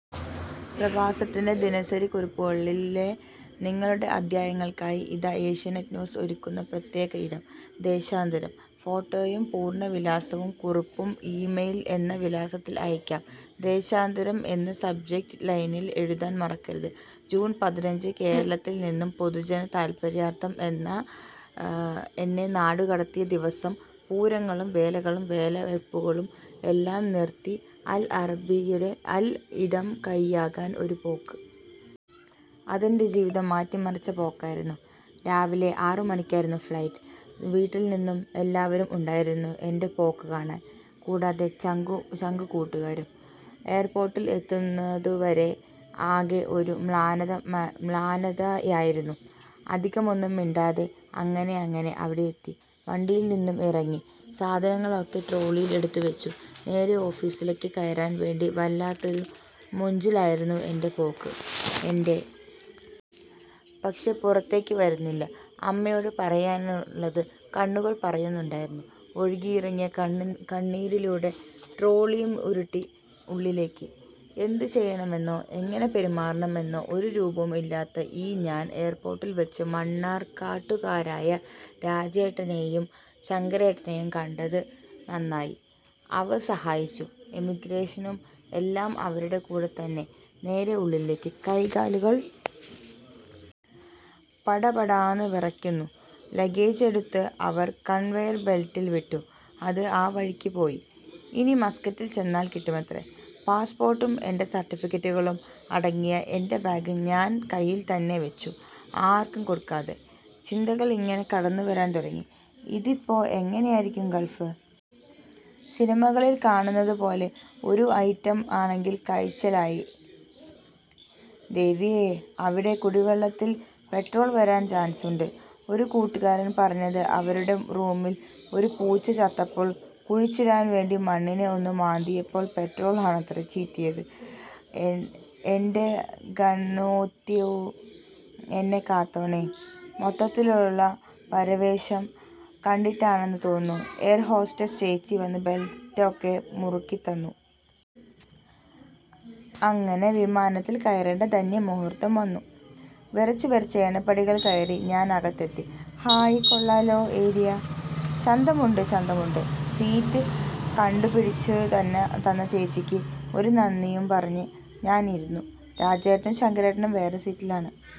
പ്രവാസത്തിൻറെ ദിനസരിക്കുറിപ്പുകളിലെ നിങ്ങളുടെ അധ്യായങ്ങൾക്കായി ഇതാ ഏഷ്യാനെറ്റ് ന്യൂസ് ഒരുക്കുന്ന പ്രത്യേക ഇടം, ദേശാന്തരം. ഫോട്ടോയും പൂർണ വിലാസവും കുറിപ്പും ഇമെയിൽ എന്ന വിലാസത്തിൽ അയക്കാം. ദേശാന്തരം എന്ന് സബ്ജക്ട് ലൈനിൽ എഴുതാൻ മറക്കരുത്. ജൂൺ പതിനഞ്ച്, കേരളത്തിൽനിന്നും പൊതുജന താൽപര്യാർത്ഥം എന്നെ നാടുകടത്തിയ ദിവസം. പൂരങ്ങളും വേലകളും വേലവെപ്പുകളും എല്ലാം നിർത്തി അൽ അറബിയുടെ അൽ ഇടം കൈയാകാൻ ഒരു പോക്ക്. അതെൻറെ ജീവിതം മാറ്റിമറിച്ച പോക്കായിരുന്നു. രാവിലെ ആറുമണിക്കായിരുന്നു ഫ്ലൈറ്റ്. വീട്ടിൽനിന്നും എല്ലാവരും ഉണ്ടായിരുന്നു എൻറെ പോക്ക് കാണാൻ. കൂടാതെ ചങ്കുകൂട്ടുകാരും. എയർപോർട്ടിൽ എത്തുന്നതുവരെ ആകെ ഒരു മ്ലാനത മ്ലാനതയായിരുന്നു. അധികമൊന്നും മിണ്ടാതെ അങ്ങനെ അങ്ങനെ അവിടെയെത്തി. വണ്ടിയിൽനിന്നും ഇറങ്ങി. സാധനങ്ങളൊക്കെ ട്രോളിയിൽ എടുത്തുവെച്ചു. നേരെ ഓഫീസിലേക്ക് കയറാൻ വേണ്ടി വല്ലാത്തൊരു മൊഞ്ചിലായിരുന്നു എൻറെ പോക്ക്. എൻറെ പക്ഷെ പുറത്തേക്ക് വരുന്നില്ല. അമ്മയോട് പറയാനുള്ളത് കണ്ണുകൾ പറയുന്നുണ്ടായിരുന്നു. ഒഴുകിയിറങ്ങിയ കണ്ണി കണ്ണീരിലൂടെ ട്രോളിയും ഉരുട്ടി ഉള്ളിലേക്ക്. എന്ത് ചെയ്യണം എന്നോ എങ്ങനെ പെരുമാറണം എന്നോ ഒരു രൂപവും ഇല്ലാത്ത ഈ ഞാൻ എയർപോർട്ടിൽ വച്ച് മണ്ണാർക്കാട്ടുകാരായ രാജേട്ടനെയും ശങ്കരേട്ടനെയും കണ്ടത് നന്നായി. അവർ സഹായിച്ചു. എമിഗ്രേഷനും എല്ലാം അവരുടെ കൂടെ തന്നെ നേരെ ഉള്ളിലേക്ക്. കൈകാലുകൾ പടാപടാന്ന് വിറയ്ക്കുന്നു. ലഗേജ് എടുത്ത് അവർ കൺവെയർ ബെൽറ്റിൽ വിട്ടു. അത് ആ വഴിക്ക് പോയി. ഇനി മസ്കറ്റിൽ ചെന്നാൽ കിട്ടുമത്രേ. പാസ്‌പോർട്ടും എൻറെ സർട്ടിഫിക്കറ്റുകളും അടങ്ങിയ എൻറെ ബാഗ് ഞാൻ കൈയിൽത്തന്നെ വെച്ചു. ആർക്കും കൊടുക്കാതെ. ചിന്തകൾ ഇങ്ങനെ കടന്നുവരാൻ തുടങ്ങി. ഇതിപ്പോ എങ്ങനെ ആയിരിക്കും ഗൾഫ്. സിനിമകളിൽ കാണുന്നതുപോലെ ഒരു ഐറ്റം ആണെങ്കിൽ കയ്ച്ചിലായി. ദേവിയേ, അവിടെ കുടിവെള്ളത്തിൽ പെട്രോൾ വരാൻ ചാൻസുണ്ട്. ഒരു കൂട്ടുകാരൻ പറഞ്ഞത് അവരുടെ റൂമിൽ ഒരു പൂച്ച ചത്തപ്പോൾ കുഴിച്ചിടാൻ വേണ്ടി മണ്ണിൽ ഒന്ന് മാന്തിയപ്പോൾ പെട്രോൾ ആണത്രേ ചീറ്റിയത്. എൻറെ ഗണോത്യേ, എന്നെ കാത്തോണേ. മൊത്തത്തിലുള്ള പരവേശം കണ്ടിട്ടാണെന്ന് തോന്നുന്നു, എയർഹോസ്റ്റസ് ചേച്ചി വന്ന് ബെൽറ്റൊക്കെ മുറുക്കിത്തന്നു. അങ്ങനെ വിമാനത്തിൽ കയറേണ്ട ധന്യ മുഹൂർത്തം വന്നു. വിറച്ചുവിറച്ച് ഏണിപ്പടികൾ കയറി ഞാൻ അകത്തെത്തി. ഹായ്, കൊള്ളാലോ ഏരിയ. ചന്തമുണ്ട്, ചന്തമുണ്ട്. സീറ്റ് കണ്ടുപിടിച്ചുതന്ന ചേച്ചിക്ക് ഒരു നന്ദിയും പറഞ്ഞ് ഞാൻ ഇരുന്നു. രാജേട്ടനും ശങ്കരേട്ടനും വേറെ സീറ്റിലാണ്.